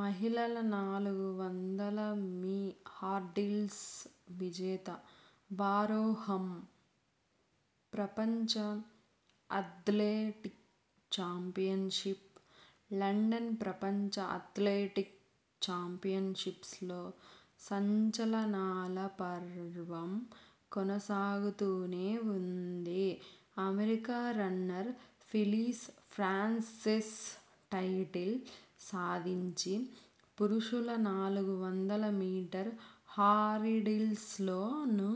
మహిళల నాలుగు వందల మీ హర్డిల్స్ విజేత వార్హోమ్ ప్రపంచ అథ్లెటిక్ చాంపియన్షిప్ లండన్ ప్రపంచ అథ్లెటిక్ చాంపియన్షిప్స్లో సంచలనాల పర్వం కొనసాగుతూనే ఉంది. America runner Phyllis Francis title సాధించింది. పురుషుల నాలుగు వందల మీటర్ల హర్డిల్స్లోనూ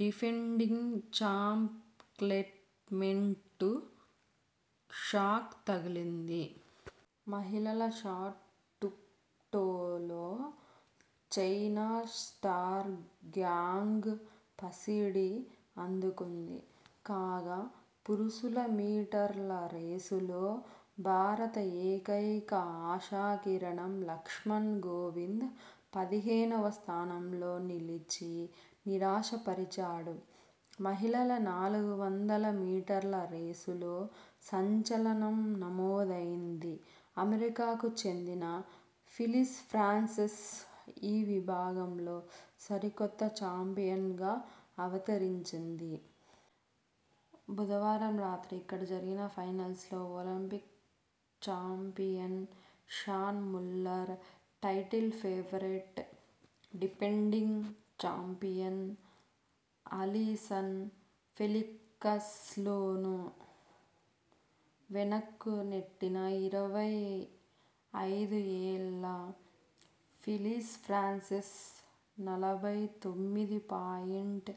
డిఫెండింగ్ చాంప్ క్లెమెంట్కు షాక్ తగిలింది. మహిళల షాట్పుట్లో చైనా స్టార్ గాంగ్ పసిడి అందుకుంది. కాగా, పురుషుల మీటర్ల రేసులో భారత ఏకైక ఆశా కిరణం లక్ష్మణన్ గోవిందన్ పదిహేనువ స్థానంలో నిలిచి నిరాశ పరిచాడు. మహిళల నాలుగు వందల మీటర్ల రేసులో సంచలనం నమోదైంది. అమెరికాకు చెందిన ఫిలిస్ ఫ్రాన్సిస్ ఈ విభాగంలో సరికొత్త చాంపియన్ గా అవతరించింది. బుధవారం రాత్రి ఇక్కడ జరిగిన ఫైనల్లో Olympic champion Shaunae Miller, title favourite, defending champion Allyson ఫెలిక్స్లను వెనక్కు నెట్టిన ఇరవై ఐదు ఏళ్ల ఫిలిస్ ఫ్రాన్సిస్ నలభై తొమ్మిది పాయింట్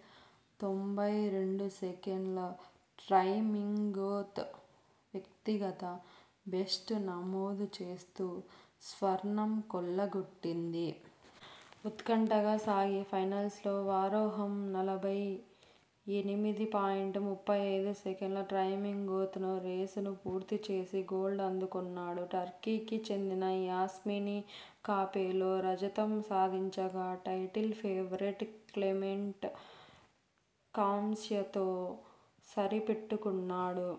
తొంభై రెండు సెకన్ల టైమింగ్తో వ్యక్తిగత బెస్ట్ నమోదు చేస్తూ, స్వర్ణం కొల్ల గొట్టింది. ఉత్కంఠగా సాగిన ఫైనల్లో వార్హోమ్ నలభై ఎనిమిది పాయింట్ ముప్పై ఐదు సెకన్ల టైమింగ్తో రేసును పూర్తి చేసి గోల్డ్ అందుకున్నాడు. టర్కీకి చెందిన యస్మాని కాపెలో రజతం సాధించగా, టైటిల్ ఫేవరెట్ క్లెమెంట్ కాంస్యంతో సరి పెట్టుకున్నాడు.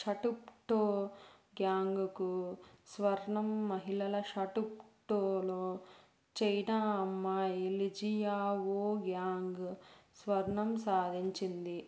షాట్పుట్లో గాంగ్కు స్వర్ణంమహిళల షాట్పుట్లో చైనా అమ్మాయి లిజియావో గాంగ్ స్వర్ణం సాధించింది.